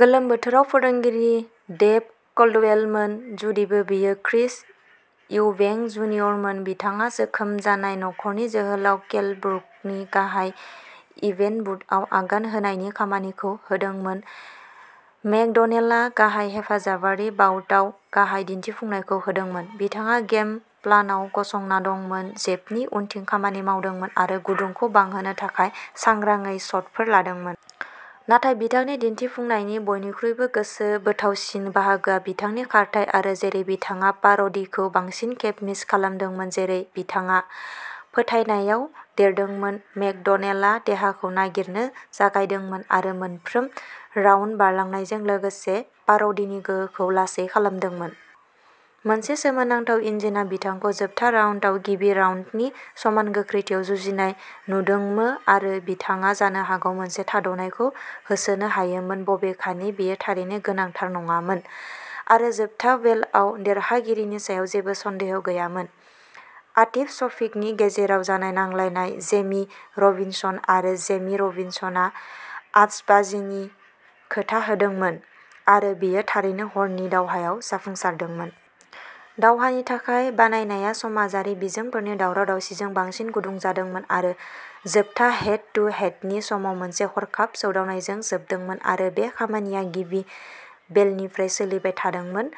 गोलोम बोथोराव फोरोंगिरि डेभ क'ल्डवेलमोन। जुदिबो बेयो क्रिस इउबेंक जुनियरमोन बिथांङा जोखोम जानाय नख'रनि जोहोलाव केल ब्रुकनि गाहाय इभेन्ट बुटआव आगान होनायनि खामानिखौ होदोंमोन मेकड'नेलआ गाहाय हेफाजाबारि बाउटआव गाहाय दिन्थिफुंनायखौ होदोंमोन। बिथाङा गेम प्लानआव गसंना दंमोन जेबनि उनथिं खामानि मावदोंमोन आरो गुदुंखौ बांहोनो थाखाय सांग्राङै शटफोर लादोंमोन। नाथाय बिथांनि दिन्थिफुंनायनि बयनिख्रुइबो गोसोबोथावसिन बाहागोआ बिथांनि खारथाइ आरो जेरै बिथाङा पार'डीखौ बांसिन खेब मिस खालामदोंमोन जेरै बिथाङा फोथायनायाव देरदोंमोन मेकड'नेलआ देहाखौ नागिरनो जागायदोंमोन आरो मोनफ्रोम राउन्ड बारलांनायजों लोगोसे पार'डीनि गोहोखौ लासै खालामदोंमोन। मोनसे सोमोनांथाव इन्जिनआ बिथांखौ जोबथा राउन्डआव गिबि राउन्डनि समान गोख्रैथियाव जुजिनाय नुदोंमोआरो बिथाङा जानो हागौ मोनसे थाद'नायखौ होसोनो हायोमोन बबेखानि बेयो थारैनो गोनांथार नङामोन आरो जोबथा बेलआव देरहागिरिनि सायाव जेबो सन्देह गैयामोन। आतिफ शफिकनि गेजेराव जानाय नांलायनाय जेमी रबिनसन आरो जेमी रबिनसनआ आतसबाजिनि खोथा होदोंमोन आरो बेयो थारैनो हरनि दावहायाव जाफुंसारदोंमोन। दावहानि थाखाय बानायनाया समाजारि बिजोंफोरनि दावराव-दावसिजों बांसिन गुदुं जादोंमोन आरो जोबथा हेड टु हेडनि समाव मोनसे हरखाब सौदावनायजों जोबदोंमोन आरो बे खामानिया गिबि बेलनिफ्राय सोलिबाय थादोंमोन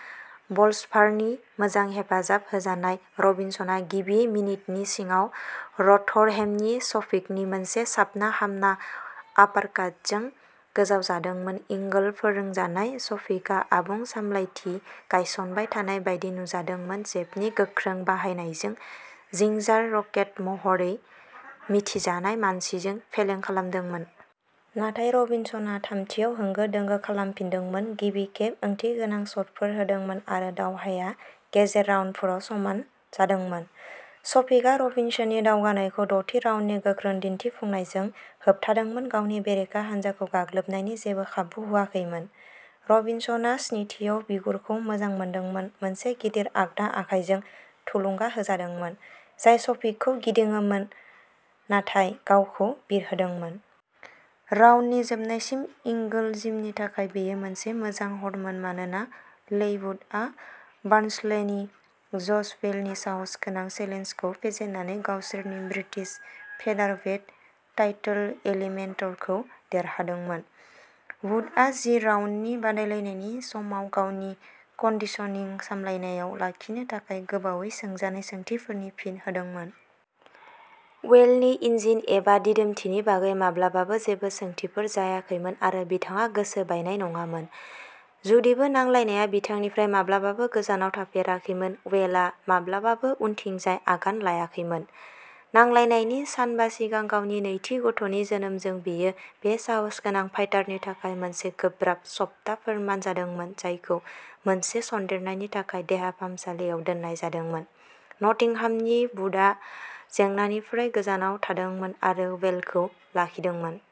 बलस'भारनि मोजां हेफाजाब होजानाय रबिनसनआ गिबि मिनिटनि सिङाव र'थरहेमनि शफिकनि मोनसे साबना हामना आपारकाटजों गोजावजादोंमोन इंगल फोरोंजानाय शफिकआ आबुं सामलायथि गायसनबाय थानाय बायदि नुजादोंमोन जेबनि गोख्रों बाहायनायजों'जिंजार रकेट'महरै मिथिजानाय मानसिखौ फेलें खालामदोंमोन। नाथाय रबिनसनआ थामथिआव होंगो दोंगो खालामफिनदोंमोन गिबि खेब ओंथिगोनां शटफोर होदोंमोन आरो दावहाया गेजेर राउन्डफोराव समान जादोंमोन। शफिकआ रबिनसननि दावगानायखौ द'थि राउन्डनि गोख्रों दिन्थिफुंनायजों होबथादोंमोन गावनि बेरेखा हान्जाखौ गाग्लोबनायनि जेबो खाबु होआखैमोन। रबिनसनआ स्निथिआव बिगुरखौ मोजां मोनदोंमोन मोनसे गिदिर आगदा आखायजों थुलुंगा होजादोंमोन जाय शफिकखौ गिदिङोमोन नाथाय गावखौ बिरहोदोंमोन। राउन्डनि जोबनायसिम इंगल जिमनि थाखाय बेयो मोनसे मोजां हरमोन मानोना लेइ वुडआ बार्नस्लेनि जश वेलनि साहसगोनां चेलेन्जखौ फेजेननानै गावसोरनि ब्रिटिश फेदारवेट टाइटल एलिमिनेटरखौ देरहादोंमोन। वुडआ जि राउन्डनि बादायलायनायनि समाव गावनि कन्डिशनिंखौ सामलायनायाव लाखिनो थाखाय गोबावै सोंजानाय सोंथिफोरनि फिन होदोंमोन। वेलनि इन्जिन एबा दिदोमथिनि बागै माब्लाबाबो जेबो सोंथिफोर जायाखैमोन आरो बिथाङा गोसो बायनाय नङामोन। जुदिबो नांलायनाया बिथांनिफ्राय माब्लाबाबो गोजानाव थाफेराखैमोन वेलआ माब्लाबाबो उनथिंजाय आगान लायाखैमोन। नांलायनायनि सानबा सिगां गावनि नैथि गथ'नि जोनोमजों बेयो बे साहसगोनां फाइटारनि थाखाय मोनसे गोब्राब सप्ता फोरमान जादोंमोन जायखौ मोनसे सन्देरनायनि थाखाय देहा फाहामसालियाव दोननाय जादोंमोन। नटिंहामनि वुडआ जेंनानिफ्राय गोजानाव थादोंमोन आरो वेलखौ लाखिदोंमोन।